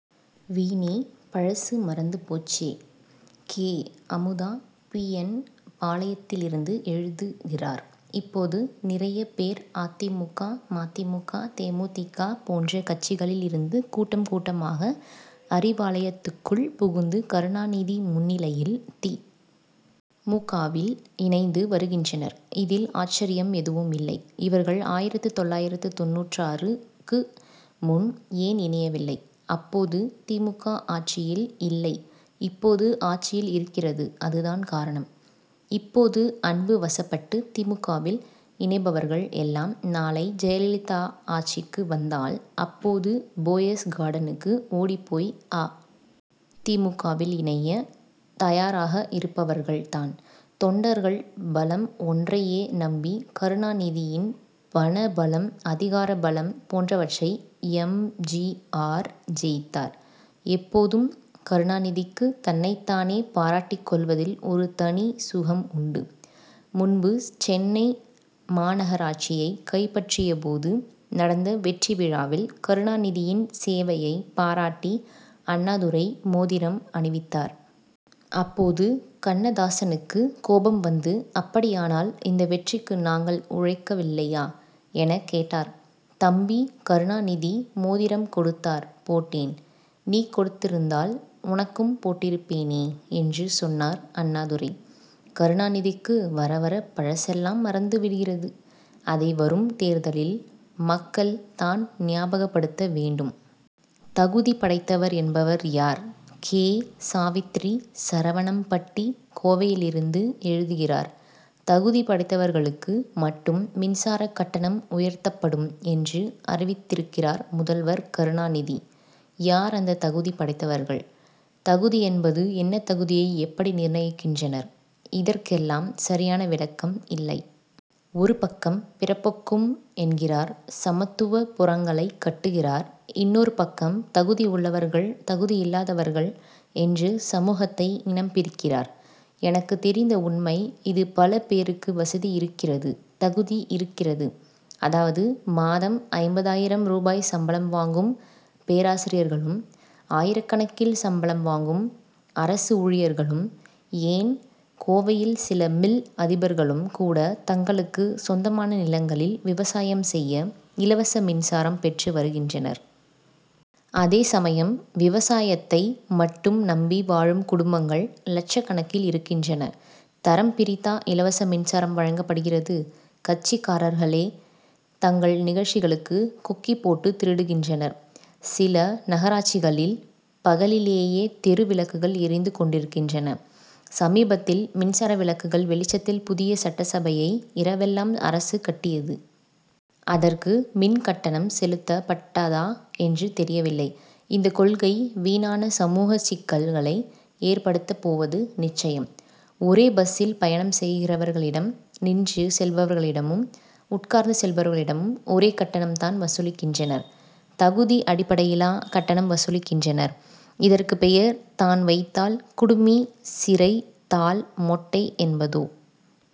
வீணே. பழசு மறந்து போச்சு! கே. அமுதா பி. என். பாளையத்திலிருந்து எழுதுகிறார் இப்போது நிறைய பேர் அ. தி. மு. க. ம. தி. மு. க. தே. மு. தி. க. போன்ற கட்சிகளில் இருந்து கூட்டம் கூட்டமாக அறிவாலயத்துக்குள் புகுந்து கருணாநிதி முன்னிலையில் தி. மு. க.வில் இணைந்து வருகின்றனர் இதில் ஆச்சரியம் எதுவும் இல்லை. இவர்கள் ஆயிரத்து தொள்ளாயிரத்து தொண்ணூற்றாறு-க்கு முன் ஏன் இணையவில்லை? அப்போது தி. மு. க. ஆட்சியில் இல்லை இப்போது ஆட்சியில் இருக்கிறதுஅதுதான் காரணம். இப்போது அன்பு வசப்பட்டு தி. மு. க.வில் இணைபவர்கள் எல்லாம் நாளை ஜெயலலிதா ஆட்சிக்கு வந்தால் அப் போது போயஸ் கார்டனுக்கு ஓடிப்போய் அ. தி. மு. க.வில் இணைய தயாராக இருப்பவர்கள் தான். தொண்டர்கள் பலம் ஒன்றையே நம்பி கருணாநிதியின் பண பலம் அதிகார பலம் போன்றவற்றை எம். ஜி. ஆர். ஜெயித்தார். எப்போதும் கருணாநிதிக்கு தன்னைத் தானே பாராட்டிக் கொள்வதில் ஒரு தனி சுகம் உண்டு. முன்பு சென்னை மாநகராட்சியை கைப்பற்றியபோது நடந்த வெற்றி விழாவில் கருணாநிதியின் சேவையை பாராட்டி அண்ணாதுரை மோதிரம் அணிவித்தார். அப்போது கண்ணதாசனுக்கு கோபம் வந்து அப்படியானால் இந்த வெற்றிக்கு நாங்கள் உழைக்கவில்லையா? எனக் கேட்டார். தம்பி கருணாநிதி மோதிரம் கொடுத்தார் போட்டேன். நீ கொடுத்திருந்தால் உனக்கும் போட்டிருப்பேனே என்று சொன்னார் அண்ணாதுரை. கருணாநிதிக்கு வரவர பழசெல்லாம் மறந்து விடுகிறது. அதை வரும் தேர்தலில் மக்கள் தான் ஞாபகப்படுத்த வேண்டும். தகுதி படைத்தவர் என்பவர் யார்? கே. சாவித்திரி சரவணம்பட்டி கோவையிலிருந்து எழுதுகிறார் தகுதி படைத்தவர்களுக்கு மட்டும் மின்சாரக் கட்டணம் உயர்த் தப்படும் என்று அறிவித்திருக்கிறார் முதல்வர் கருணாநிதி. யார் அந்த தகுதி படைத்தவர்கள்? தகுதி என்பது என்ன தகுதியை எப்படி நிர்ணயிக்கின்றனர்? இதற் கெல்லாம் சரியான விளக்கம் இல்லை. ஒருபக்கம் பிறப்பொக்கும் என்கிறார் சமத்துவப் புரங்களைக் கட்டுகிறார். இன்னொரு பக்கம் தகுதி உள்ளவர்கள் தகுதி இல்லாதவர்கள் என்று சமூகத்தை இனம் பிரிக்கிறார். எனக்குத் தெரிந்த உண்மை இது பல பேருக்கு வசதி இருக்கிறது தகுதி இருக்கிறது. அதாவது மாதம் ஐம்பதாயிரம் ரூபாய் சம்பளம் வாங்கும் பேராசிரியர்களும் ஆயிரக்கணக்கில் சம்பளம் வாங்கும் அரசு ஊழியர்களும் ஏன் கோவையில் சில மில் அதிபர்களும் கூட தங் களுக்கு சொந்தமான நிலங்களில் விவசாயம் செய்ய இலவச மின்சாரம் பெற்று வருகின்றனர். அதே சமயம் விவசாயத்தை மட்டும் நம்பி வாழும் குடும்பங்கள் லட்சக்கணக்கில் இருக்கின்றன. தரம் பிரித்தா இலவச மின்சாரம் வழங்கப்படுகிறது? கட்சிக்காரர்களே தங்கள் நிகழ்ச்சிகளுக்கு கொக்கி போட்டு திருடுகின்றனர். சில நகராட்சிகளில் பகலிலேயே தெரு விளக்குகள் எரிந்து கொண்டிருக்கின்றன. சமீபத்தில் மின்சார விளக்குகள் வெளிச்சத்தில் புதிய சட்டசபையை இரவெல்லாம் அரசு கட்டியது. அதற்கு மின்கட்டணம் செலுத்தப் பட்டதா என்று தெரியவில்லை. இந்த கொள்கை வீணான சமூகச் சிக்கல் களை ஏற்படுத்தப் போவது நிச்சயம். ஒரே பஸ்சில் பயணம் செய்கிறவர்களிடம் நின்று செல்பவர்களிடமும் உட்கார்ந்து செல்பவர்களிடமும் ஒரே கட்டணம் தான் வசூலிக்கின்றனர். தகுதி அடிப்படையிலா கட்டணம் வசூலிக்கின்றனர்? இதற்குப் பெயர் தான் வைத்தால் குடுமி சிரைத் தால் மொட்டை என்பதோ?